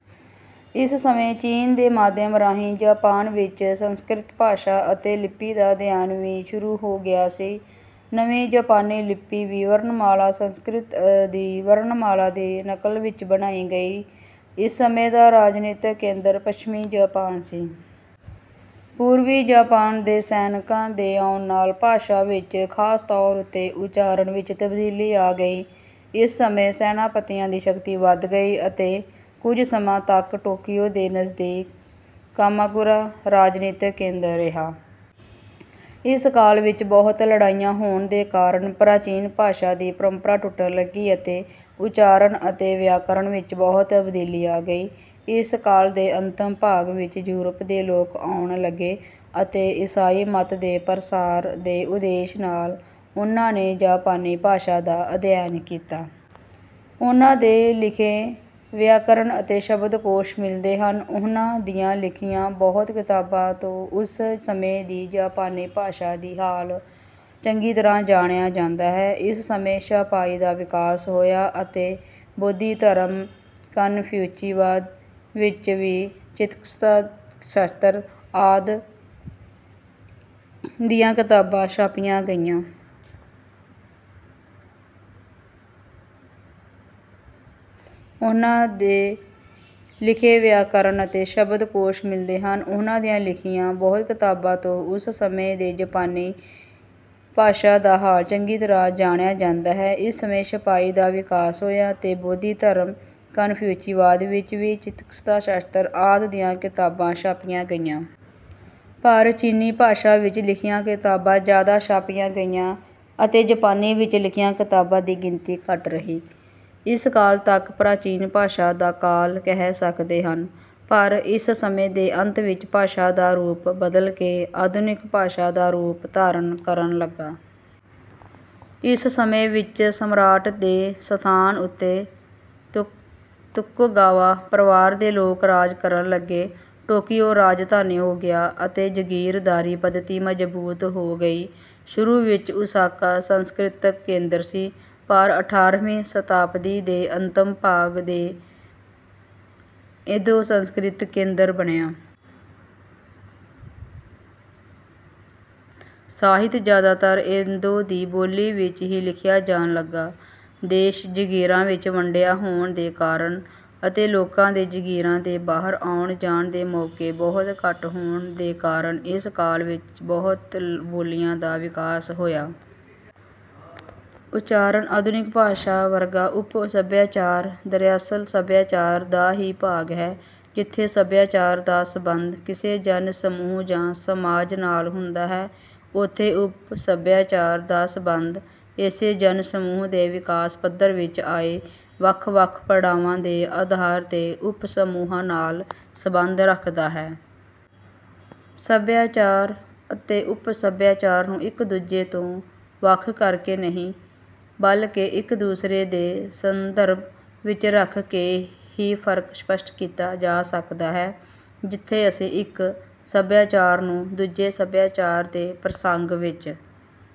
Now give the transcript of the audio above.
ਇਸ ਸਮੇਂ ਚੀਨ ਦੇ ਮਾਧਿਅਮ ਰਾਹੀਂ ਜਾਪਾਨ ਵਿੱਚ ਸੰਸਕ੍ਰਿਤ ਭਾਸ਼ਾ ਅਤੇ ਲਿਪੀ ਦਾ ਅਧਿਅਨ ਵੀ ਸ਼ੁਰੂ ਹੋ ਗਿਆ ਸੀ। ਨਵੀਂ ਜਾਪਾਨੀ ਲਿਪੀ ਦੀ ਵਰਨਮਾਲਾ ਸੰਸਕ੍ਰਿਤ ਦੀ ਵਰਨਮਾਲਾ ਦੇ ਨਕਲ ਵਿੱਚ ਬਣਾਈ ਗਈ। ਇਸ ਸਮੇਂ ਦਾ ਰਾਜਨੀਤਕ ਕੇਂਦਰ ਪੱਛਮੀ ਜਾਪਾਨ ਸੀ। ਪੂਰਵੀ ਜਾਪਾਨ ਦੇ ਸੈਨਿਕਾਂ ਦੇ ਆਉਣ ਨਾਲ ਭਾਸ਼ਾ ਵਿੱਚ ਖਾਸ ਤੌਰ ਉੱਤੇ ਉੱਚਾਰਣ ਵਿੱਚ ਤਬਦੀਲੀ ਆ ਗਈ। ਇਸ ਸਮੇਂ ਸੈਨਾਪਤੀਆਂ ਦੀ ਸ਼ਕਤੀ ਵੱਧ ਗਈ ਅਤੇ ਕੁੱਝ ਸਮਾਂ ਤੱਕ ਟੋਕੀਉ ਦੇ ਨਜ਼ਦੀਕ ਕਾਮਾਕੁਰਾ ਰਾਜਨੀਤਕ ਕੇਂਦਰ ਰਿਹਾ। ਇਸ ਕਾਲ ਵਿੱਚ ਬਹੁਤ ਲੜਾਈਆਂ ਹੋਣ ਦੇ ਕਾਰਨ ਪ੍ਰਾਚੀਨ ਭਾਸ਼ਾ ਦੀ ਪਰੰਪਰਾ ਟੁੱਟਣ ਲੱਗੀ ਅਤੇ ਉੱਚਾਰਨ ਅਤੇ ਵਿਆਕਰਨ ਵਿੱਚ ਬਹੁਤ ਤਬਦੀਲੀ ਆ ਗਈ। ਇਸ ਕਾਲ ਦੇ ਅੰਤਮ ਭਾਗ ਵਿੱਚ ਯੂਰਪ ਦੇ ਲੋਕ ਆਉਣ ਲੱਗੇ ਅਤੇ ਈਸਾਈ ਮਤ ਦੇ ਪ੍ਰਸਾਰ ਦੇ ਉਦੇਸ਼ ਨਾਲ ਉਨ੍ਹਾਂ ਨੇ ਜਾਪਾਨੀ ਭਾਸ਼ਾ ਦਾ ਅਧਿਅਨ ਕੀਤਾ। ਉਨ੍ਹਾਂ ਦੇ ਲਿਖੇ ਵਿਆਕਰਨ ਅਤੇ ਸ਼ਬਦਕੋਸ਼ ਮਿਲਦੇ ਹਨ। ਉਨ੍ਹਾਂ ਦੀਆਂ ਲਿਖੀਆਂ ਬਹੁਤ ਕਿਤਾਬਾਂ ਤੋਂ ਉਸ ਸਮੇਂ ਦੀ ਜਾਪਾਨੀ ਭਾਸ਼ਾ ਦਾ ਹਾਲ ਚੰਗੀ ਤਰ੍ਹਾਂ ਜਾਣਿਆ ਜਾਂਦਾ ਹੈ। ਇਸ ਸਮੇਂ ਛਪਾਈ ਦਾ ਵਿਕਾਸ ਹੋਇਆ ਅਤੇ ਬੋਧੀ ਧਰਮ, ਕਨਫਿਊਚੀਵਾਦ, ਵਿੱਚ ਵੀ ਚਿਤਿਕਸਾ ਸ਼ਾਸਤਰ ਆਦਿ ਦੀਆਂ ਕਿਤਾਬਾਂ ਛਾਪੀਆਂ ਗਈਆਂ। ਪਰ ਚੀਨੀ ਭਾਸ਼ਾ ਵਿੱਚ ਲਿਖੀਆਂ ਕਿਤਾਬਾਂ ਜਿਆਦਾ ਛਾਪੀਆਂ ਗਈਆਂ ਅਤੇ ਜਾਪਾਨੀ ਵਿੱਚ ਲਿਖੀਆਂ ਕਿਤਾਬਾਂ ਦੀ ਗਿਣਤੀ ਘੱਟ ਰਹੀ। ਇਸ ਕਾਲ ਤੱਕ ਪ੍ਰਾਚੀਨ ਭਾਸ਼ਾ ਦਾ ਕਾਲ ਕਹਿ ਸਕਦੇ ਹਨ। ਪਰ ਇਸ ਸਮੇਂ ਦੇ ਅੰਤ ਵਿੱਚ ਭਾਸ਼ਾ ਦਾ ਰੂਪ ਬਦਲਕੇ ਆਧੁਨਿਕ ਭਾਸ਼ਾ ਦਾ ਰੂਪ ਧਾਰਨ ਕਰਨ ਲਗਾ। ਇਸ ਸਮੇਂ ਵਿੱਚ ਸਮਰਾਟ ਦੇ ਸਥਾਨ ਉੱਤੇ ਤੋਕੁਗਾਵਾ ਪਰਵਾਰ ਦੇ ਲੋਕ ਰਾਜ ਕਰਨ ਲੱਗੇ, ਟੋਕੀਉ ਰਾਜਧਾਨੀ ਹੋ ਗਿਆ ਅਤੇ ਜਾਗੀਰਦਾਰੀ ਪੱਧਤੀ ਮਜ਼ਬੂਤ ਹੋ ਗਈ। ਸ਼ੁਰੂ ਵਿੱਚ ਓਸਾਕਾ ਸਾਂਸਕ੍ਰਿਤਕ ਕੇਂਦਰ ਸੀ ਪਰ ਅਠਾਰਵੀਂ ਸ਼ਤਾਬਦੀ ਦੇ ਅੰਤਮ ਭਾਗ ਤੋਂ ਏਦੋ ਸਾਂਸਕ੍ਰਿਤਕ ਕੇਂਦਰ ਬਣਿਆ। ਸਾਹਿਤ ਜਿਆਦਾਤਰ ਏਦੋ ਦੀ ਬੋਲੀ ਵਿੱਚ ਹੀ ਲਿਖਿਆ ਜਾਣ ਲਗਾ। ਦੇਸ਼ ਜਾਗੀਰਾਂ ਵਿੱਚ ਵੰਡਿਆ ਹੋਣ ਦੇ ਕਾਰਨ ਅਤੇ ਲੋਕਾਂ ਦੇ ਜਾਗੀਰਾਂ ਦੇ ਬਾਹਰ ਆਉਣ ਜਾਣ ਦੇ ਮੌਕੇ ਬਹੁਤ ਘੱਟ ਹੋਣ ਦੇ ਕਾਰਨ ਇਸ ਕਾਲ ਵਿੱਚ ਬਹੁਤ ਬੋਲੀਆਂ ਦਾ ਵਿਕਾਸ ਹੋਇਆ। ਉੱਚਾਰਣ ਆਧੁਨਿਕ ਭਾਸ਼ਾ ਵਰਗਾ। ਉਪ ਸਭਿਆਚਾਰ ਦਰਅਸਲ ਸਭਿਆਚਾਰ ਦਾ ਹੀ ਭਾਗ ਹੈ। ਜਿੱਥੇ ਸਭਿਆਚਾਰ ਦਾ ਸਬੰਧ ਕਿਸੇ ਜਨ-ਸਮੂਹ ਜਾਂ ਸਮਾਜ ਨਾਲ ਹੁੰਦਾ ਹੈ ਉੱਥੇ ਉਪ-ਸਭਿਆਚਾਰ ਦਾ ਸਬੰਧ ਇਸੇ ਜਨ-ਸਮੂਹ ਦੇ ਵਿਕਾਸ ਪੱਧਰ ਵਿੱਚ ਆਏ, ਵੱਖ-ਵੱਖ ਪੜਾਵਾਂ ਦੇ ਆਧਾਰ ਤੇ ਉਪ-ਸਮੂਹਾਂ ਨਾਲ ਸਬੰਧ ਰੱਖਦਾ ਹੈ। ਸਭਿਆਚਾਰ ਅਤੇ ਉਪ-ਸਭਿਆਚਾਰ ਨੂੰ ਇਕ ਦੂਜੇ ਤੋਂ ਵੱਖ ਕਰਕੇ ਨਹੀਂ ਬਲਕਿ ਇਕ ਦੂਸਰੇ ਦੇ ਸੰਦਰਭ ਵਿੱਚ ਰੱਖਕੇ ਹੀ ਫਰਕ ਸਪੱਸ਼ਟ ਕੀਤਾ ਜਾ ਸਕਦਾ ਹੈ। ਜਿੱਥੇ ਅਸੀਂ ਇਕ ਸਭਿਆਚਾਰ ਨੂੰ ਦੂਜੇ ਸਭਿਆਚਾਰ ਦੇ ਪ੍ਰਸੰਗ ਵਿੱਚ